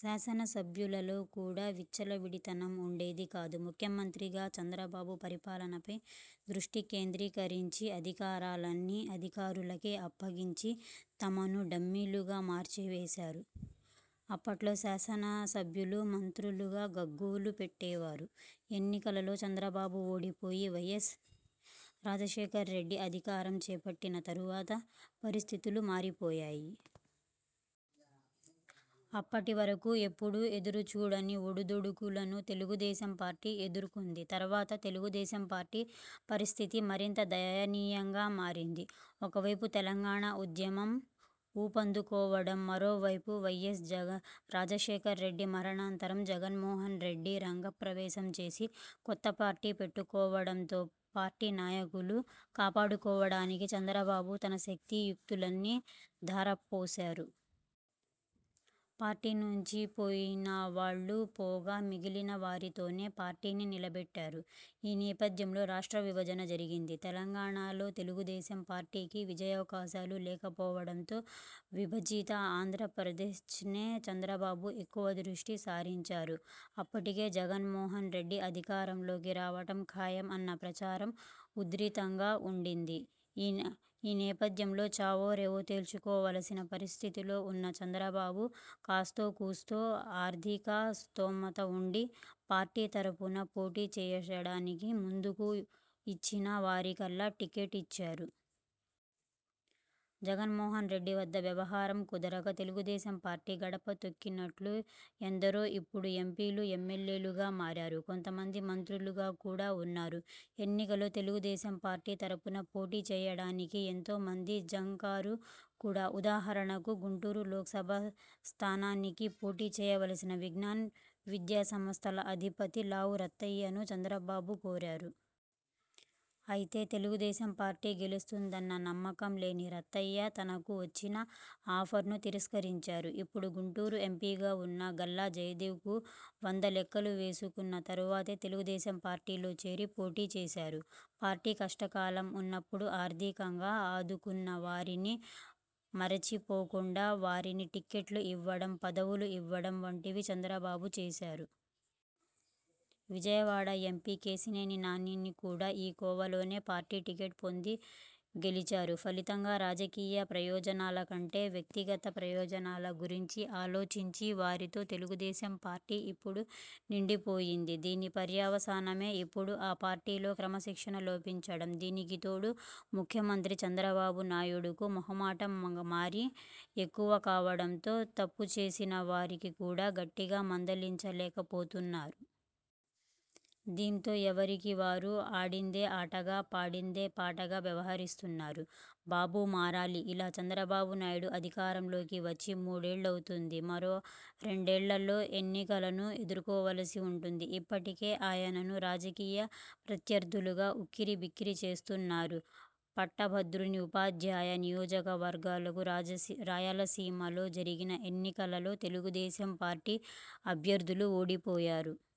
శాసన సభ్యులలో కూడా విచ్చలవిడితనం ఉండేది కాదు. ముఖ్యమంత్రిగా చంద్రబాబు పరిపాలనపై దృష్టి కేంద్రీకరించి అధికారాలన్నీ అధికారులకే అప్పగించి, తమను డమ్మీలుగా మార్చివేశారు అప్పట్లో శాసన సభ్యులు, మంత్రులు గగ్గోలు పెట్టేవారు. ఎన్నికలలో చంద్రబాబు ఓడిపోయి, వైఎస్ రాజశేఖర్రెడ్డి అధికారం చేపట్టిన తర్వాత పరిస్థితులు మారిపోయాయి. అప్పటివరకు ఎప్పుడూ ఎదురుచూడని ఒడుదుడుకులను తెలుగుదేశం పార్టీ ఎదుర్కొంది. తర్వాత తెలుగుదేశం పార్టీ పరిస్థితి మరింత దయనీయంగా మారింది. ఒకవైపు తెలంగాణ ఉద్యమం ఊపందుకోవడం– మరోవైపు వైఎస్ రాజశేఖర్రెడ్డి మరణానంతరం జగన్మోహన్రెడ్డి రంగప్రవేశం చేసి కొత్త పార్టీ పెట్టుకోవడంతో పార్టీ నాయకులు కాపాడుకోవడానికే చంద్రబాబు తన శక్తియుక్తులన్నీ ధారపోశారు. పార్టీ నుంచి పోయినవాళ్లు పోగా, మిగిలినవారితోనే పార్టీని నిలబెట్టారు. ఈ నేపథ్యంలో రాష్ట్ర విభజన జరిగింది. తెలంగాణలో తెలుగుదేశం పార్టీకి విజయావకాశాలు లేకపోవడంతో విభజిత ఆంధ్రప్రదేశ్నే చంద్రబాబు ఎక్కువగా దృష్టి సారించారు. అప్పటికే జగన్మోహన్రెడ్డి అధికారంలోకి రావడం ఖాయం అన్న ప్రచారం ఉధృతంగా ఉండింది. ఈ నేపథ్యంలో చావో రేవో తేల్చుకోవలసిన పరిస్థితిలో ఉన్న చంద్రబాబు కాస్తోకూస్తో ఆర్థిక స్తోమత ఉండి పార్టీ తరఫున పోటీచేయడానికి ముందుకు ఇచ్చిన వారికల్లా టికెట్లు ఇచ్చారు. జగన్మోహన్ రెడ్డి వద్ద వ్యవహారం కుదరక తెలుగుదేశం పార్టీ గడప తొక్కినట్లు ఎందరో ఇప్పుడు ఎంపీలు, ఎమ్మెల్యేలుగా ఉన్నారు. కొంతమంది మంత్రులుగా కూడా ఉన్నారు. ఎన్నికలలో తెలుగుదేశం పార్టీ తరఫున పోటీ చేయడానికి ఎంతోమంది జంకారు కూడా! ఉదాహరణకు గుంటూరు లోక్సభ స్థానానికి పోటీ చేయవలసిన విజ్ఞాన్ విద్యాసంస్థల అధిపతి లావు రత్తయ్యను చంద్రబాబు కోరారు. అయితే, తెలుగుదేశం పార్టీ గెలుస్తుందన్న నమ్మకం లేని రత్తయ్య తనకు వచ్చిన ఆఫర్ను తిరస్కరించారు. ఇప్పుడు గుంటూరు ఎంపీగా ఉన్న గల్లా జయదేవ్ కు వంద లెక్కలు వేసుకున్న తర్వాతే తెలుగుదేశం పార్టీలో చేరి పోటీచేశారు. పార్టీ కష్టకాలం ఉన్నప్పుడు ఆర్థికంగా ఆదుకున్నవారిని మరచిపోకుండా వారిని టికెట్లు ఇవ్వడం, పదవులు ఇవ్వడం వంటివి చంద్రబాబు చేశారు. విజయవాడ ఎంపీ కేశినేని నాని కూడా ఈ కోవలోనే పార్టీ టికెట్ పొంది గెలిచారు. ఫలితంగా రాజకీయ ప్రయోజనాలకంటే వ్యక్తిగత ప్రయోజనాల గురించి ఆలోచించే వారితో తెలుగుదేశంపార్టీ ఇప్పుడు నిండిపోయింది. దీని పర్యవసానమే ఇప్పుడు ఆ పార్టీలో క్రమశిక్షణ లోపించడం! దీనికి తోడు ముఖ్యమంత్రి చంద్రబాబు నాయుడుకు మొహమాటం మారీ ఎక్కువ కావడంతో తప్పుచేసిన వారికి కూడా గట్టిగా మందలించలేకపోతున్నారు. దీంతో ఎవరికి వారు ఆడిందే ఆటగా పాడిందే పాటగా వ్యవహరిస్తున్నారు. బాబు మారాలి ఇలా! చంద్రబాబు నాయుడు అధికారంలోకి వచ్చి మూడేళ్లు అవుతోంది. మరో రెండేళ్లలో ఎన్నికలను ఎదుర్కోవలసి ఉంటుంది. ఇప్పటికే ఆయనను రాజకీయ ప్రత్యర్థులుగా ఉక్కిరిబిక్కిరి చేస్తున్నారు. పట్టభద్రులు, ఉపాధ్యాయ నియోజక వర్గాలకు రాయలసీమలో జరిగిన ఎన్నికలలో తెలుగుదేశం పార్టీ అభ్యర్థులు ఓడిపోయారు.